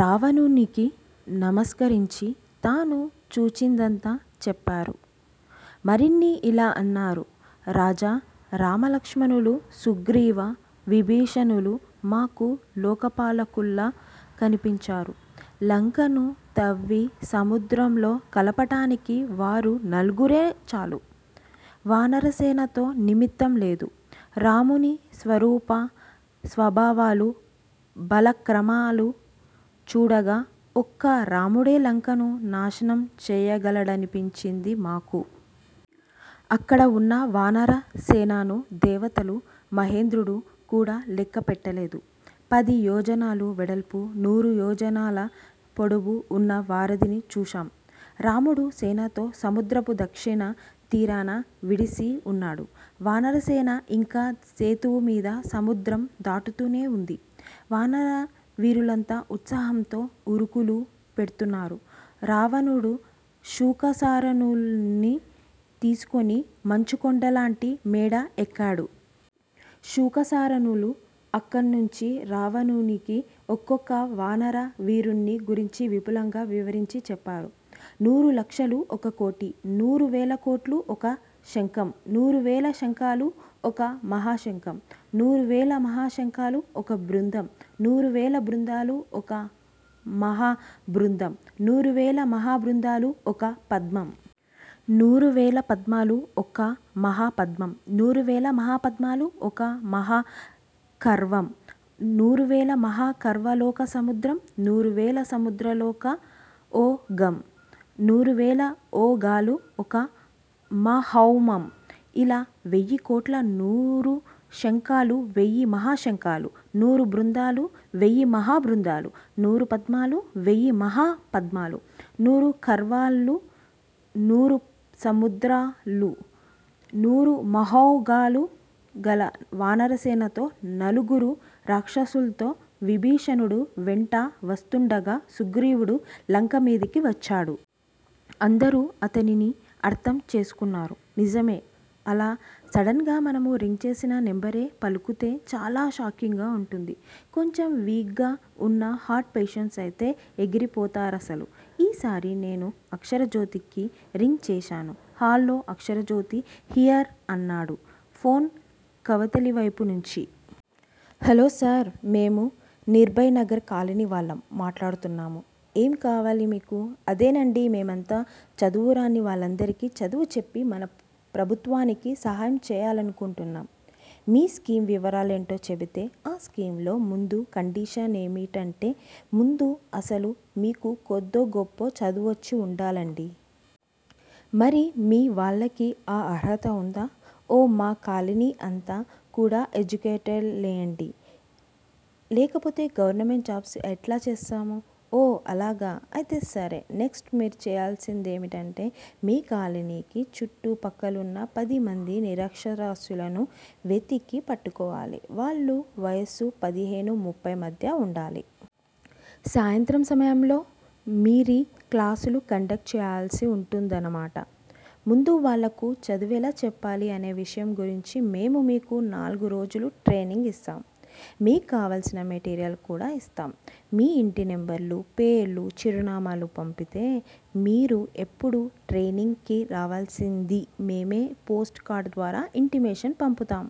రావణునికి నమస్కరించి తాను చూచిదంతా చెప్పారు. మరిన్నీ ఇలా అన్నారు. రాజా! రామలక్ష్మణులూ, సుగ్రీవ, విభీషణులూ మాకు లోకపాలకుల్లా కనిపించారు. లంకను తవ్వి, సముద్రంలో కలపడానికి వారు నలుగురే చాలు. వానరసేనతో నిమిత్తంలేదు. రాముని స్వరూప స్వభావాలూ, బలక్రమాలు చూడగా ఒక్క రాముడే లంకను నాశనం చేయగలడనిపించింది మాకు. అక్కడవున్న వానరసేనను దేవతలూ, మహేంద్రుడు కూడా లెక్కపెట్టలేదు. పది యోజనాలు వెడల్పూ, నూరు యోజనాల పొడవూ వున్న వారధిని చూశాం. రాముడు సేనతో సముద్రపు దక్షిణ తీరాన విడిసి వున్నాడు. వానరసేన ఇంకా సేతువు మీద సముద్రం దాటుతూనే వుంది. వానరవీరులంతా ఉత్సాహంతో ఉరుకులు పెడ్తున్నారు. రావణుడు శుకసారణుల్ను తీసుకొని మంచుకొండలాంటి మేడ ఎక్కాడు. శుకసారణులు అక్కణ్ణుంచి రావణునికి ఒక్కొక్క వానర వీరుణ్ణి గురించి విపులంగా వివరించి చెప్పారు. నూరు లక్షలు ఒక కోటి. నూరు వేల కోట్లు ఒక శంఖం. నూరు వేల శంఖాలు ఒక మహాశంఖం. నూరువేల మహాశంఖాలు ఒక బృందం. నూరువేల బృందాలు ఒక మహాబృందం. నూరువేల మహాబృందాలు ఒక పద్మం. నూరువేల పద్మాలు ఒక మహాపద్మం. నూరువేల మహాపద్మాలు ఒక మహాఖర్వం. నూరువేల మహాఖర్వాలొక సముద్రం. నూరువేల సముద్రాలొక ఓఘం. నూరువేల ఓఘాలు ఒక మహౌమం. ఇలా వెయ్యికోట్లూ, నూరు శంఖాలూ, వేయి మహాశంఖాలూ, నూరు బృందాలూ, వెయ్యిమహా బృందాలూ, నూరు పద్మాలూ, వెయ్యి మహాపద్మాలూ, నూరు ఖర్వాలూ, నూరు సముద్రాలూ, నూరు మహౌఘాలూ గల వానరసేనతో, నలుగురు రాక్షసుల్తో విభీషణుడు వెంట వస్తుండగా సుగ్రీవుడు లంకమీదికి వచ్చాడు. అందరూ అతనిని అర్థం చేసుకున్నారు. నిజమే! అలా సడెన్ గా మనం రింగ్ చేసిన నెంబరే పలుకుతే చాలా షాకింగ్ గా వుంటుంది. కొంచెం వీక్ గా ఉన్న హార్ట్ పేషెంట్స్ అయితే ఎగిరి పోతారసలు ఈసారి నేను అక్షరజ్యోతికి రింగ్ చేశాను. హల్లో అక్షరజ్యోతి హియర్ అన్నాడు ఫోన్ కవతలివేపు నుంచీ. Hello sir. మేము నిర్భయ్ నగర్ కాలనీ వాళ్ళం మాట్లాడుతున్నాం ఏం కావాలి మీకు? అదేనండీ! మేమంతా చదువురాని వాళ్ళందరికీ చదువు చెప్పి మన ప్రభుత్వానికి సహాయం చేయాలనుకుంటున్నాం. మీ స్కీమ్ వివరాలేమిటో చెపితే? ఆ స్కీమ్ లో ముందు కండిషనేమిటంటే ముందు అసలు మీకు కొద్దో గొప్పో చదువొచ్చి ఉండాలండీ! మరి మీ వాళ్ళకి. ఆ అర్హత ఉందా? ఓ మా కాలనీ అంతా కూడా ఎడ్యుకేటెడేలెండి. లేకపోతే గవర్నమెంట్ జాబ్స్ ఎట్లా చేస్తాం? ఓ! అలాగా! అయితే సరే! నెక్ట్స్ మీరు చేయాల్సిందేమిటంటే మీ కాలనీకి చుట్టు పక్కలున్న పదిమంది నిరక్షరాస్యులను వెతికి పట్టుకోవాలి. వాళ్ళ వయసు పదిహేనూ ముఫ్పై మధ్య ఉండాలి. సాయంత్రం సమయాల్లో మీరీ క్లాసులు కండక్ట్ చేయాల్సుంటుందన్నమాట. ముందు వాళ్ళకు చదువెలా చెప్పాలీ అనే విషయం గురించి మేము మీకు నాలుగు రోజులు ట్రైనింగ్ ఇస్తాం! మీక్కావలసిన మెటీరియల్ కూడా ఇస్తాం. మీ ఇంటి నెంబర్లు, పేర్లు, చిరునామాలు చెపితే మీరు ఎప్పుడు ట్రైనింగ్ కి రావలసిందీ మేమే పోస్ట్ కార్డ్ ద్వారా ఇంటిమేషన్ పంపుతాం!